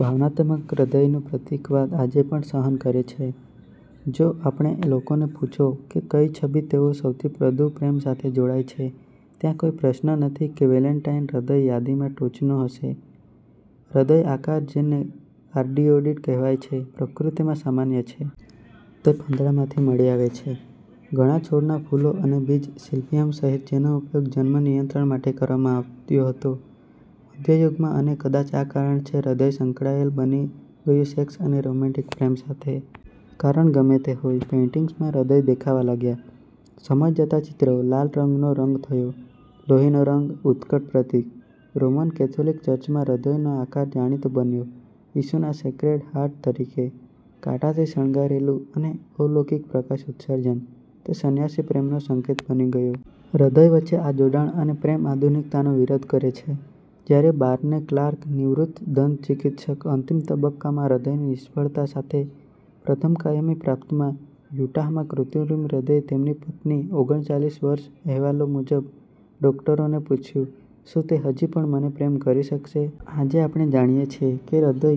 ભાવનાત્મક હૃદયનું પ્રતીકવાદ આજે પણ સહન કરે છે. જો આપણે લોકોને પૂછો કે કઈ છબી તેઓ સૌથી વધુ પ્રેમ સાથે જોડાય છે, ત્યાં કોઈ પ્રશ્ન નથી કે વેલેન્ટાઇન હૃદય યાદીમાં ટોચનું હશે. હૃદય આકાર, જેને કાર્ડિયોઇડ કહેવાય છે, પ્રકૃતિમાં સામાન્ય છે. તે પાંદડામાંથી મળી આવે છે. ઘણા છોડના ફૂલો અને બીજ, સિલ્ફિયમ સહિત જેનો ઉપયોગ જન્મ નિયંત્રણ માટે કરવામાં આવ્યો હતો મધ્ય યુગમાં અને કદાચ આ કારણ છે હૃદય સંકળાયેલ બની ગયું સેક્સ અને રોમેન્ટિક પ્રેમ સાથે. કારણ ગમે તે હોય, પેઇન્ટિંગ્સમાં હૃદય દેખાવા લાગ્યા. સમય જતાં ચિત્રો લાલ રંગનો રંગ થયો, લોહીનો રંગ, ઉત્કટ પ્રતીક. રોમન કેથોલિક ચર્ચમાં હૃદયનો આકાર જાણીતો બન્યો ઈસુના સેક્રેડ હાર્ટ તરીકે. કાંટાથી શણગારેલું અને અલૌકિક પ્રકાશ ઉત્સર્જન, તે સન્યાસી પ્રેમનો સંકેત બની ગયો. હૃદય વચ્ચે આ જોડાણ અને પ્રેમ આધુનિકતાનો વિરોધ કરે છે. જ્યારે બાર્ને ક્લાર્ક, નિવૃત્ત દંતચિકિત્સક અંતિમ તબક્કામાં હૃદયની નિષ્ફળતા સાથે પ્રથમ કાયમી પ્રાપ્તમાં યુટાહમાં કૃત્રિમ હૃદય તેમની પત્ની ઓગણચાલીસ વર્ષ અહેવાલો મુજબ ડોકટરોને પૂછ્યું, "શું તે હજી પણ મને પ્રેમ કરી શકશે?" આજે આપણે જાણીએ છીએ કે હૃદય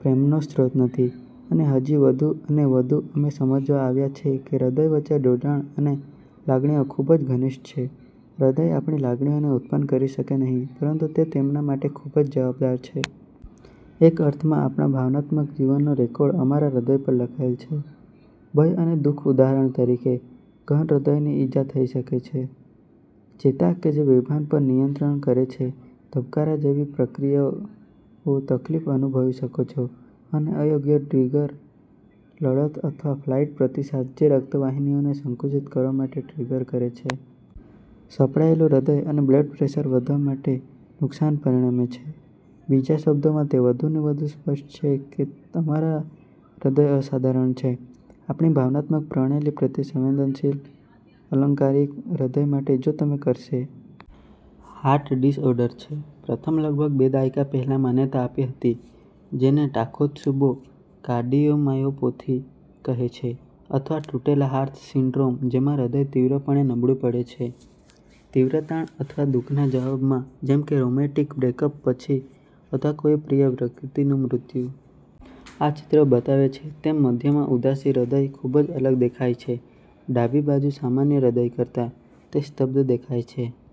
પ્રેમનો સ્ત્રોત નથી. અને હજી વધુ અને વધુ અમે સમજવા આવ્યા છે કે હૃદય વચ્ચે જોડાણ અને લાગણીઓ ખૂબ જ ઘનિષ્ઠ છે. હૃદય આપણી લાગણીઓને ઉત્પન્ન કરી શકે નહીં, પરંતુ તે તેમના માટે ખૂબ જ જવાબદાર છે. એક અર્થમાં આપણા ભાવનાત્મક જીવનનો રેકોર્ડ અમારા હૃદય પર લખાયેલ છે. ભય અને દુખ ઉદાહરણ તરીકે, ગહન હૃદયની ઇજા થઈ શકે છે. ચેતા કે જે બેભાન પર નિયંત્રણ કરે છે ધબકારા જેવી પ્રક્રિયાઓ તકલીફ અનુભવી શકો છો અને અયોગ્ય ટ્રીગર લડત અથવા ફ્લાઇટ પ્રતિસાદ જે રક્ત વાહિનીઓને સંકુચિત કરવા માટે ટ્રિગર કરે છે. સપડાયેલું હૃદય અને બ્લડ પ્રેશર વધવા માટે નુકસાન પરિણમે છે. બીજા શબ્દોમાં તે વધુને વધુ સ્પષ્ટ છે કે અમારા હૃદય અસાધારણ છે. આપણી ભાવનાત્મક પ્રણાલી પ્રત્યે સંવેદનશીલ, અલંકારિક હૃદય માટે જો તમે કરશે. હાર્ટ ડિસઓર્ડર છે પ્રથમ લગભગ બે દાયકા પહેલા માન્યતા આપી હતી જેને "ટાકોત્સુબો કાર્ડિયોમાયોપથી" કહે છે અથવા "તૂટેલા હાર્ટ સિન્ડ્રોમ" જેમાં હૃદય તીવ્રપણે નબળું પડે છે. તીવ્ર તાણ અથવા દુખના જવાબમાં જેમ કે રોમેન્ટિક બ્રેકઅપ પછી અથવા કોઈ પ્રિય વ્યક્તિનું મૃત્યુ. આ ચિત્રો બતાવે છે તેમ મધ્યમાં ઉદાસી હૃદય ખૂબ જ અલગ દેખાય છે ડાબી બાજુ સામાન્ય હૃદય કરતાં. તે સ્તબ્ધ દેખાય છે.